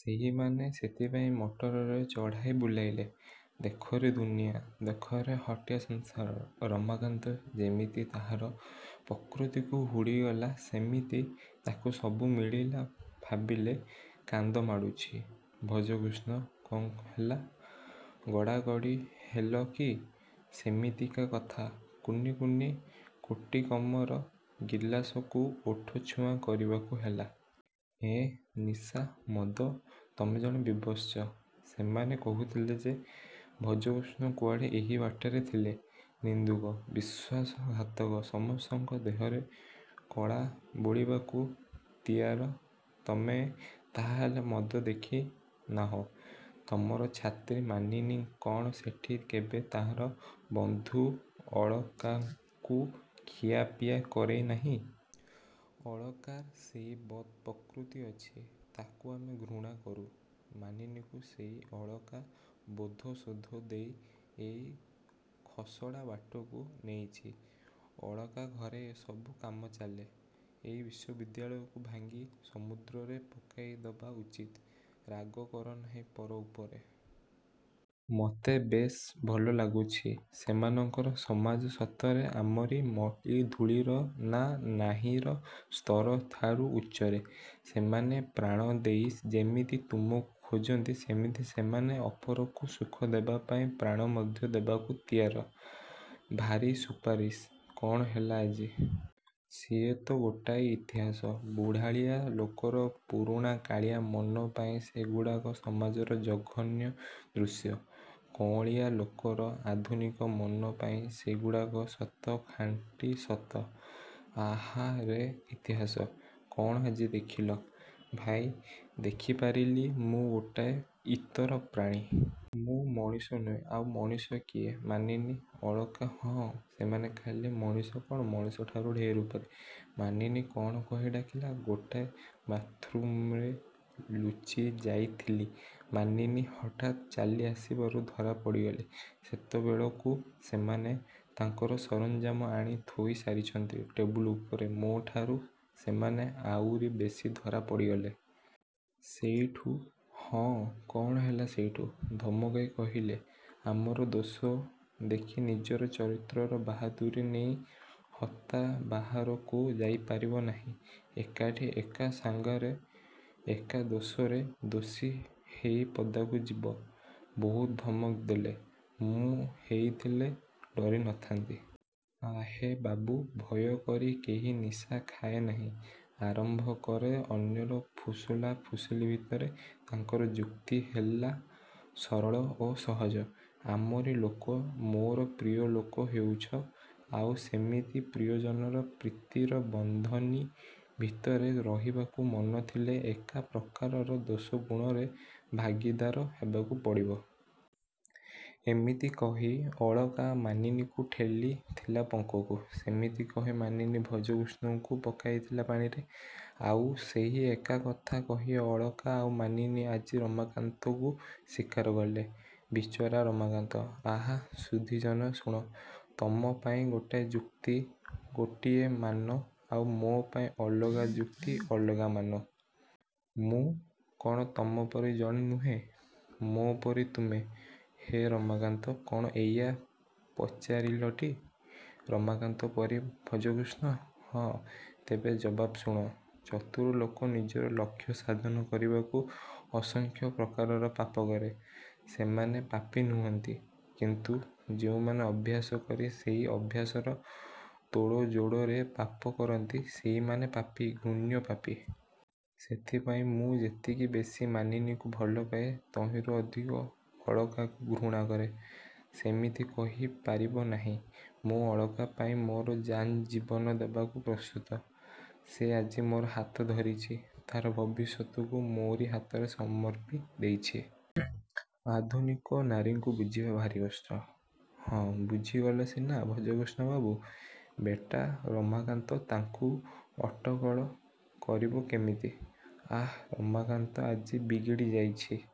ସେହିମାନେ ସେଥିପାଇଁ ମଟରରେ ଚଢ଼ାଇ ବୁଲାଇଲେ। ଦେଖରେ ଦୁନିଆ। ଦେଖରେ ହଟିଆ ସଂସାର-ରମାକାନ୍ତ ଯେମିତି ତାହାର ପ୍ରକୃତିକୁ ହୁଡ଼ିଗଲା ସେମିତି ତା'କୁ ସବୁ ମିଳିଲା ଭାବିଲେ କାନ୍ଦମାଡ଼ୁଛି ଭଜକୃଷ୍ଣ। -କ'ଣ ହେଲା? ଗଡ଼ାଗଡ଼ି ହେଲ କି? -ସେମିତିକା କଥା। କୁନି କୁନି କୋଟିକମର ଗିଲାସକୁ ଓଠଛୁଆଁ କରିବାକୁ ହେଲା। -ଏଁ-ନିଶା? ମଦ? -ତମେ ଜଣେ ବିଭତ୍ସ। -ସେମାନେ କହୁଥିଲେ ଯେ ଭଜକୃଷ୍ଣ କୁଆଡ଼େ ଏହି ବାଟରେ ଥିଲେ? -ନିନ୍ଦୁକ। ବିଶ୍ୱାସଘାତକ। ସମସ୍ତଙ୍କ ଦେହରେ କଳା ବୋଳିବାକୁ ତିଆର। -ତମେ ତାହାହେଲେ ମଦ ଦେଖି ନାହଁ? ତମର ଛାତ୍ରୀ ମାନିନୀ କ'ଣ ସେଠି କେବେ ତାହାର ବଂଧୁ ଅଳକାକୁ ଖିଆପିଆ କରେଇ ନାହିଁ? -ଅଳକାର ସେଇ ବଦ୍ ପ୍ରକୃତି ଅଛି। ତାକୁ ଆମେ ଘୃଣା କରୁ। ମାନିନୀକୁ ସେଇ ଅଳକା ବୋଧଶୋଧ ଦେଇ ଏଇ ଖସଡ଼ାବାଟକୁ ନେଇଛି। ଅଳକା ଘରେ ଏହିସବୁ କାମ ଚାଲେ। ଏଇ ବିଶ୍ୱବିଦ୍ୟାଳୟକୁ ଭାଙ୍ଗି ସମୁଦ୍ରରେ ପକାଇଦବା ଉଚିତ୍। -ରାଗ କର ନାହିଁ ପର ଉପରେ। ମତେ ବେଶ୍ ଭଲ ଲାଗୁଛି। ସେମାନଙ୍କର ସମାଜ ସତରେ ଆମରି ମଳିଧୂଳିର ନା ନାହିଁର ସ୍ତରଠାରୁ ଉଚ୍ଚରେ। ସେମାନେ ପ୍ରାଣ ଦେଇ ଯେମିତି ତୁମକୁ ଖୋଜନ୍ତି ସେମିତି ସେମାନେ ଅପରକୁ ସୁଖ ଦେବାପାଇଁ ପ୍ରାଣ ମଧ୍ୟ ଦେବାକୁ ତିଆର। -ଭାରି ସୁପାରିସ? କ'ଣ ହେଲା ଆଜି? -ସିଏ ତ ଗୋଟାଏ ଇତିହାସ। ବୁଢ଼ାଳିଆ ଲୋକର ପୁରୁଣାକାଳିଆ ମନ ପାଇଁ ସେଗୁଡ଼ାକ ସମାଜର ଜଘନ୍ୟ ଦୃଶ୍ୟ। କଅଁଳିଆ ଲୋକର ଆଧୁନିକ ମନ ପାଇଁ ସେଗୁଡ଼ାକ ସତ-ଖାଣ୍ଟି ସତ। -ଆହା ରେ ଇତିହାସ! କ'ଣ ଆଜି ଦେଖିଲ? -ଭାଇ, ଦେଖିପାରିଲି ମୁଁ ଗୋଟାଏ ଇତର ପ୍ରାଣୀ। ମୁଁ ମଣିଷ ନୁହେଁ। -ଆଉ ମଣିଷ କିଏ? ମାନିନୀ, ଅଳକା -ହଁ, ସେମାନେ ଖାଲି ମଣିଷ କ'ଣ-ମଣିଷଠାରୁ ଢେର ଉପରେ। -ମାନିନୀ କ'ଣ କହି ଡାକିଲା? ଗୋଟାଏ ବାଥ୍ରୁମ୍ରେ ଲୁଚି ଯାଇଥିଲି ମାନିନୀ ହଠାତ୍ ଚାଲି ଆସିବାରୁ ଧରା ପଡ଼ିଗଲି। ସେତେବେଳକୁ ସେମାନେ ତାଙ୍କର ସରଞ୍ଜାମ ଆଣି ଥୋଇ ସାରିଛନ୍ତି ଟେବୁଲ ଉପରେ ମୋ' ଠାରୁ ସେମାନେ ଆଉରି ବେଶି ଧରା ପଡ଼ିଗଲେ। ସେଇଠୁ -ହଁ, କ'ଣ ହେଲା ସେଇଠୁ? -ଧମକାଇ କହିଲେ, ଆମର ଦୋଷ ଦେଖି ନିଜର ଚରିତ୍ରର ବାହାଦୁରୀ ନେଇ ହତା ବାହାରକୁ ଯାଇପାରିବ ନାହିଁ। ଏକାଠି, ଏକା ସାଙ୍ଗରେ, ଏକା ଦୋଷରେ ଦୋଷୀ ହେଇ ପଦାକୁ ଯିବ। ବହୁତ ଧମକ ଦେଲେ। -ମୁଁ ହେଇଥିଲେ ଡରି ନ ଥାନ୍ତି। -ଆହେ ବାବୁ, ଭୟ କରି କେହି ନିଶା ଖାଏ ନାହିଁ। ଆରମ୍ଭ କରେ ଅନ୍ୟର ଫୁସୁଲା ଫୁସୁଲି ଭିତରେ। ତାଙ୍କର ଯୁକ୍ତି ହେଲା ସରଳ ଓ ସହଜ। ଆମରି ଲୋକ, ମୋର ପ୍ରିୟ ଲୋକ ହେଉଛ। ଆଉ ସେମିତି ପ୍ରିୟଜନର ପ୍ରୀତିର ବନ୍ଧନୀ ଭିତରେ ରହିବାକୁ ମନଥିଲେ ଏକା ପ୍ରକାରର ଦୋଷଗୁଣରେ ଭାଗୀଦାର ହେବାକୁ ପଡ଼ିବ। -ଏମିତି କହି ଅଳକା ମାନିନୀକୁ ଠେଲିଥିଲା ପଙ୍କକୁ। ସେମିତି କହି ମାନିନୀ ଭଜକୃଷ୍ଣକୁ ପକାଇଥିଲା ପାଣିରେ। ଆଉ ସେହି ଏକା କଥା କହି ଅଳକା ଆଉ ମାନିନୀ ଆଜି ରମାକାନ୍ତକୁ ଶିକାର କଲେ। ବିଚରା ରମାକାନ୍ତ -ଆହା, ସୁଧୀଜନ ଶୁଣ। ତମ ପାଇଁ ଗୋଟାଏ ଯୁକ୍ତି ଗୋଟିଏ ମାନ-ଆଉ ମୋ' ପାଇଁ ଅଲଗା ଯୁକ୍ତି ଅଲଗା ମାନ। ମୁଁ। କ'ଣ ତମ ପରି ଜଣେ ନୁହେଁ? -ମୋ'ପରି ତୁମେ? -ହେ ରମାକାନ୍ତ, କ'ଣ ଏଇଆ ପଚାରିଲଟି-ରମାକାନ୍ତ ପରି ଭଜକୃଷ୍ଣ? -ହଁ। -ତେବେ ଜବାବ ଶୁଣ। ଚତୁର ଲୋକ ନିଜର ଲକ୍ଷ୍ୟସାଧନ କରିବାକୁ ଅସଂଖ୍ୟ ପ୍ରକାରର ପାପ କରେ। ସେମାନେ ପାପୀ ନୁହଁନ୍ତି। କିନ୍ତୁ ଯେଉଁମାନେ ଅଭ୍ୟାସ କରି ସେଇ ଅଭ୍ୟାସର ତୋଡ଼ଯୋଡ଼ରେ ପାପ କରନ୍ତି-ସେହିମାନେ ପାପୀ-ଘୃଣ୍ୟ ପାପୀ। ସେଥିପାଇଁ ମୁଁ ଯେତିକି ବେଶୀ ମାନିନୀକୁ ଭଲପାଏ ତହିଁରୁ ଅଧିକ ଅଳକାକୁ ଘୃଣା କରେ। -ସେମିତି କହି ପାରିବ ନାହିଁ। ମୁଁ ଅଳକା ପାଇଁ ମୋର ଜାନ୍ ଜୀବନ ଦେବାକୁ ପ୍ରସ୍ତୁତ-। ସେ ଆଜି ମୋର ହାତ ଧରିଛି। ତାହାର ଭବିଷ୍ୟତକୁ ମୋରି ହାତରେ ସମର୍ପି ଦେଇଛି-। -ଆଧୁନିକା ନାରୀଙ୍କୁ ବୁଝିବା ଭାରି କଷ୍ଟ। -ହଁ, ବୁଝିଗଲ ସିନା ଭଜକୃଷ୍ଣ ବାବୁ। ବେଟା ରମାକାନ୍ତ ତାଙ୍କୁ ଅଟକଳ କରିବ କେମିତି-? -ଆଃ, ରମାକାନ୍ତ ଆଜି ବିଗିଡ଼ି ଯାଇଛି।